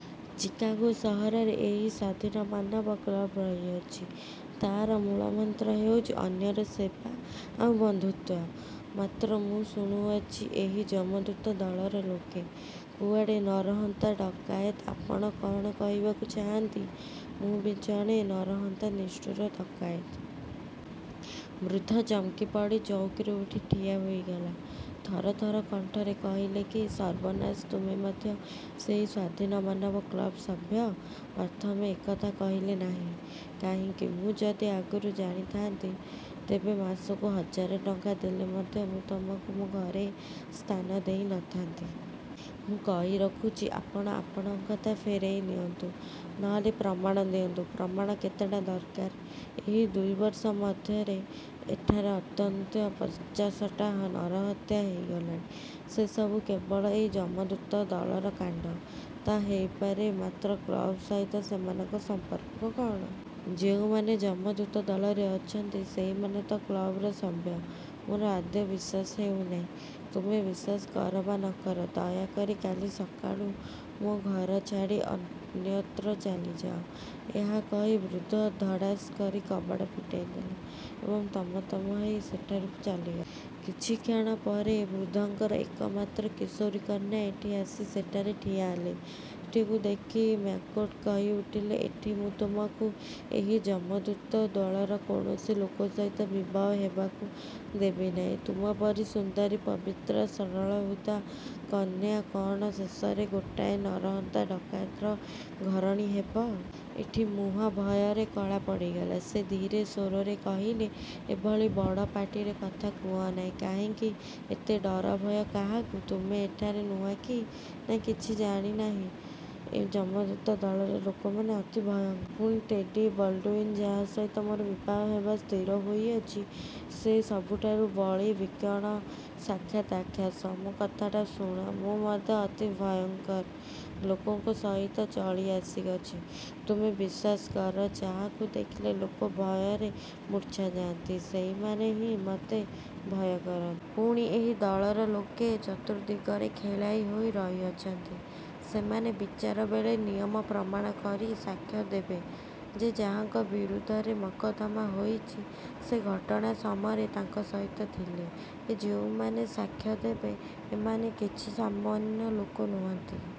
Chicago ସହରରେ ଏହି ସ୍ୱାଧୀନମାନବ କ୍ଳବ ରହିଅଛି। ତାର ମୂଳମନ୍ତ୍ର ହେଉଛି ଅନ୍ୟର ସେବା ଆଉ ବନ୍ଧୁତ୍ୱ। ମାତ୍ର ମୁଁ ଶୁଣୁଅଛି, ଏହି ଯମଦୂତ ଦଳର ଲୋକେ କୁଆଡ଼େ ନରହନ୍ତା, ଡକାୟତ। ଆପଣ କଅଣ କହିବାକୁ ଚାହାନ୍ତି, ମୁଁ ବି ଜଣେ ନରହନ୍ତା, ନିଷ୍ଠୁର ଡକାୟତ! ବୃଦ୍ଧ ଚମକିପଡ଼ି ଚୌକିରୁ ଉଠି ଠିଆ ହୋଇଗଲା। ଥରଥର କଣ୍ଠରେ କହିଲେ, କି ସର୍ବନାଶ ତୁମେ ମଧ୍ୟ ସେହି ସ୍ୱାଧୀନମାନବ କ୍ଳବ ସଭ୍ୟ? ପ୍ରଥମେ ଏକଥା କହିଲ ନାହିଁ କାହିଁକି? ମୁଁ ଯଦି ଆଗରୁ ଜାଣିଥାଆନ୍ତି, ତେବେ ମାସକୁ ହଜାରେ ଟଙ୍କା ଦେଲେ ମଧ୍ୟ ମୁଁ ତମକୁ ମୋ ଘରେ ସ୍ଥାନ ଦେଇ ନ ଥାନ୍ତି। ମୁଁ କହି ରଖୁଛି, ଆପଣ ଆପଣଙ୍କ କଥା ଫେରାଇ ନିଅନ୍ତୁ ନ ହେଲେ ପ୍ରମାଣ ଦିଅନ୍ତୁ ପ୍ରମାଣ କେତେଟା ଦରକାର? ଏହି ଦୁଇ ବର୍ଷ ମଧ୍ୟରେ ଏଠାରେ ଅନ୍ତତଃ ପଚାଶଟା ନରହତ୍ୟା ହୋଇଗଲାଣି। ସେସବୁ କେବଳ ଏହି ଯମଦୂତ ଦଳର କାଣ୍ଡ। ତା ହେଇପାରେ। ମାତ୍ର କ୍ଳବ୍ ସହିତ ସେମାନଙ୍କର ସମ୍ପର୍କ କଅଣ? ଯେଉଁମାନେ ଯମଦୂତ ଦଳରେ ଅଛନ୍ତି, ସେହିମାନେ ତ କ୍ଳବର ସଭ୍ୟ। ମୋର ଆଦୌ ବିଶ୍ୱାସ ହେଉ ନାହିଁ। ତୁମେ ବିଶ୍ୱାସ କର ବା ନ କର, ଦୟା କରି କାଲି ସକାଳୁ ମୋ ଘର ଛାଡ଼ି ଅନ୍ୟତ୍ର ଚାଲିଯାଅ। ଏହା କହି ବୃଦ୍ଧ ଧଡ଼ାସ୍ କରି କବାଟ ଫିଟାଇଦେଲେ ଏବଂ ତମତମ ହେଇ ସେଠାରୁ ଚାଲିଗଲେ। କିଛିକ୍ଷଣ ପରେ ବୃଦ୍ଧଙ୍କର ଏକମାତ୍ର କିଶୋରୀ କନ୍ୟା ଏଟ୍ଟି ଆସି ସେଠାରେ ଠିଆହେଲେ। ଏଟ୍ଟିକୁ ଦେଖି ମ୍ୟାକ୍ମାର୍ଡ଼ୋ କହିଉଠିଲେ, ଏଟ୍ଟି, ମୁଁ ତୁମକୁ ଏହି ଯମଦୂତ ଦଳର କୌଣସି ଲୋକ ସହିତ ବିବାହ ହେବାକୁ ଦେବି ନାହିଁ। ତୁମ ପରି ସୁନ୍ଦରୀ, ପବିତ୍ରା, ସରଳହୃଦା କନ୍ୟା କଅଣ ଶେଷରେ ଗୋଟାଏ ନରହନ୍ତା ଡକାୟତର ଘରଣୀ ହେବ? ଏଠି ମୁହଁ ଭୟରେ କଳା ପଡ଼ିଗଲା। ସେ ଧୀରେ ସ୍ୱରରେ କହିଲେ, ଏଭଳି ବଡ଼ ପାଟିରେ କଥା କୁହ ନାହିଁ। କାହିଁକି? ଏତେ ଡରଭୟ କାହାକୁ? ତୁମେ ଏଠାରେ ନୂଆ କି ନା, କିଛି ଜାଣି ନାହିଁ। ଏ ଯମଦୂତ ଦଳର ଲୋକମାନେ ଅତି ଭୟଙ୍କର। ପୁଣି ଟେଡ଼ି ବଲ୍ଡ଼ୁଇନ ଯାହା ସହିତ ମୋର ବିବାହ ହେବା ସ୍ଥିର ହୋଇଅଛି, ସେ ସବୁଠାରୁ ବଳି ଭୀଷଣ ସାକ୍ଷାତ୍ ରାକ୍ଷସ। ମୋ କଥାଟା ଶୁଣ। ମୁଁ ମଧ୍ୟ ଅତି ଭୟଙ୍କର ଲୋକଙ୍କ ସହିତ ଚଳିଆସିଅଛି। ତୁମେ ବିଶ୍ୱାସ କର, ଯାହାଙ୍କୁ ଦେଖିଲେ ଲୋକ ଭୟରେ ମୁର୍ଚ୍ଛା ଯାଆନ୍ତି, ସେହିମାନେ ହିଁ ମୋତେ ଭୟ କରନ୍ତି। ପୁଣି ଏହି ଦଳର ଲୋକେ ଚତୁର୍ଦ୍ଦିଗରେ ଖେଳାଇ ହୋଇ ରହିଅଛନ୍ତି। ସେମାନେ ବିଚାର ବେଳେ ନିୟମ ପ୍ରମାଣ କରି ସାକ୍ଷ୍ୟ ଦେବେ ଯେ ଯାହାଙ୍କ ବିରୁଦ୍ଧରେ ମକଦ୍ଦମା ହୋଇଛି, ସେ ଘଟଣା ସମୟରେ ତାଙ୍କ ସହିତ ଥିଲେ। ଏ ଯେଉଁମାନେ ସାକ୍ଷ୍ୟ ଦେବେ, ଏମାନେ କିଛି ସାମନ୍ୟ ଲୋକ ନୁହନ୍ତି।